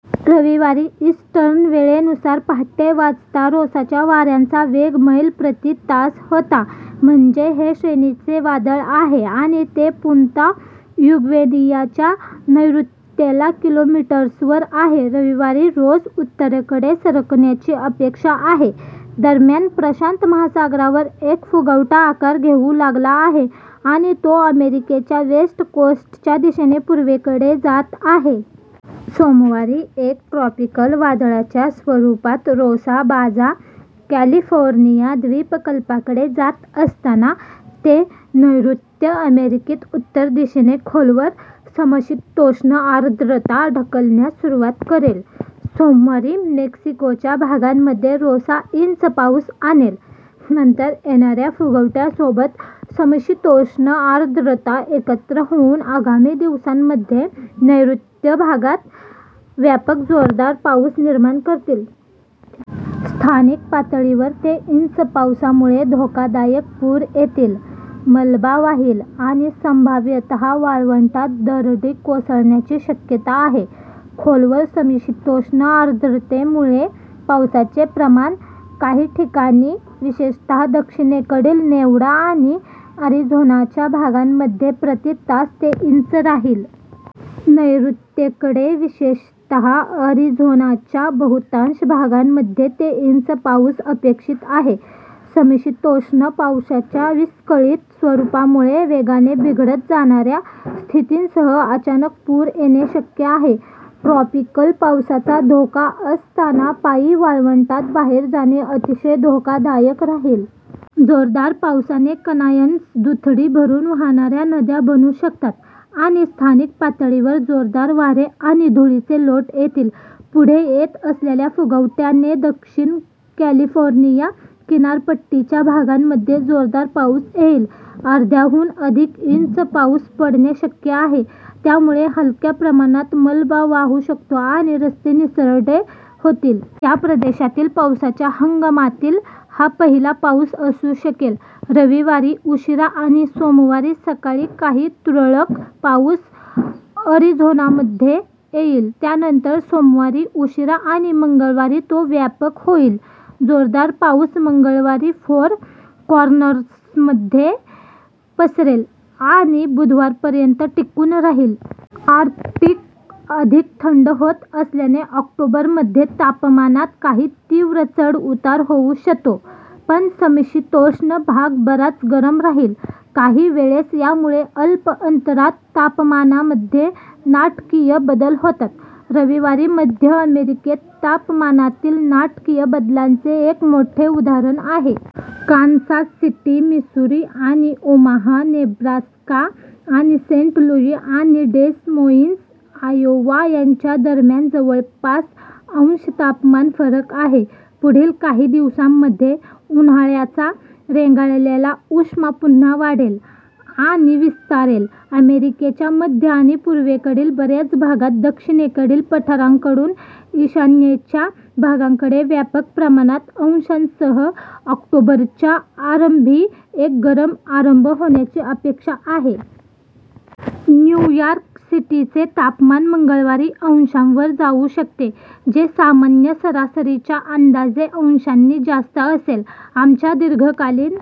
रविवारी ईस्टर्न वेळेनुसार पहाटे वाजता रोसाच्या वाऱ्यांचा वेग मैल प्रति तास होता, म्हणजे हे श्रेणी चे वादळ आहे आणि ते पुन्ता युग्वेनियाच्या नैऋत्येला किलोमीटर्सवर आहे. रविवारी रोस उत्तरकडे सरकण्याची अपेक्षा आहे. दरम्यान, प्रशांत महासागरावर एक फुगवटा आकार घेऊ लागला आहे आणि तो अमेरिकेच्या वेस्ट कोस्टच्या दिशेने पूर्वेकडे जात आहे. सोमवारी एक ट्रॉपिकल वादळाच्या स्वरुपात रोसा बाजा कॅलिफोर्निया द्वीपकल्पाकडे जात असताना ते नैऋत्य अमेरिकेत उत्तर दिशेने खोलवर समशीतोष्ण आर्द्रता ढकलण्यास सुरुवात करेल. सोमवारी मेक्सिकोच्या भागांमध्ये रोसा इंच पाऊस आणेल. नंतर, येणाऱ्या फुगवट्यासोबत समशीतोष्ण आर्द्रता एकत्र होऊन आगामी दिवसांमध्ये नैऋत्य भागात व्यापक जोरदार पाऊस निर्माण करतील. स्थानिक पातळीवर ते इंच पावसामुळे धोकादायक पूर येतील, मलबा वाहील आणि संभाव्यतः वाळवंटात दरडी कोसळण्याची शक्यता आहे. खोलवर समशीतोष्ण आर्द्रतेमुळे पावसाचे प्रमाण काही ठिकाणी, विशेषतः दक्षिणेकडील नेवाडा आणि अरिझोनाच्या भागांमध्ये प्रति तास ते इंच राहील. नैऋत्येकडे विशेषतः, अरिझोनाच्या बहुतांश भागामध्ये ते इंच पाऊस अपेक्षित आहे. समशीतोष्ण पावसाच्या विस्कळीत स्वरुपामुळे वेगाने बिघडत जाणाऱ्या स्थितींसह अचानक पूर येणे शक्य आहे. ट्रॉपिकल पावसाचा धोका असताना पायी वाळवंटात बाहेर जाणे अतिशय धोकादायक राहील. जोरदार पावसाने कनायन्स दुथडी भरुन वाहणाऱ्या नद्या बनू शकतात आणि स्थानिक पातळीवर जोरदार वारे आणि धुळीचे लोट येतील. पुढे येत असलेल्या फुगवट्याने दक्षिण कॅलिफोर्निया किनारपट्टीच्या भागांमध्ये जोरदार पाऊस येईल. अर्ध्याहून अधिक इंच पाऊस पडणे शक्य आहे, त्यामुळे हलक्या प्रमाणात मलबा वाहू शकतो आणि रस्ते निसरडे होतील. या प्रदेशातील पावसाच्या हंगामातील हा पहिला पाऊस असू शकेल. रविवारी उशिरा आणि सोमवारी सकाळी काही तुरळक पाऊस अरिझोनामध्ये येईल, त्यानंतर सोमवारी उशिरा आणि मंगळवारी तो व्यापक होईल. जोरदार पाऊस मंगळवारी फोर कॉर्नर्समध्ये पसरेल आणि बुधवारपर्यंत टिकून राहील. आर्क्टिक अधिक थंड होत असल्याने ऑक्टोबरमध्ये तापमानात काही तीव्र चढउतार होऊ शतो, पण समशीतोष्ण भाग बराच गरम राहील. काहीवेळेस यामुळे अल्प अंतरात तापमानामध्ये नाटकीय बदल होतात. रविवारी मध्य अमेरिकेत तापमानातील नाटकीय बदलाचे एक मोठे उदाहरण आहे. कान्सास सिटी, मिसुरी, आणि ओमाहा, नेब्रास्का, आणि सेंट लुई आणि डेस मोईन्स, आयोवा यांच्या दरम्यान जवळपास अंश तापमान फरक आहे. पुढील काही दिवसांमध्ये, उन्हाळ्याचा रेंगाळलेला उष्मा पुन्हा वाढेल आणि विस्तारेल. अमेरिकेच्या मध्य आणि पूर्वेकडील बऱ्याच भागात दक्षिणेकडील पठारांकडून ईशान्येच्या भागांकडे व्यापक प्रमाणात अंशांसह ऑक्टोबरच्या आरंभी एक गरम आरंभ होण्याची अपेक्षा आहे. न्यू यॉर्क सिटीचे तापमान मंगळवारी अंशांवर जाऊ शकते, जे सामान्य सरासरीच्या अंदाजे अंशांनी जास्त असेल. आमच्या दीर्घकालीन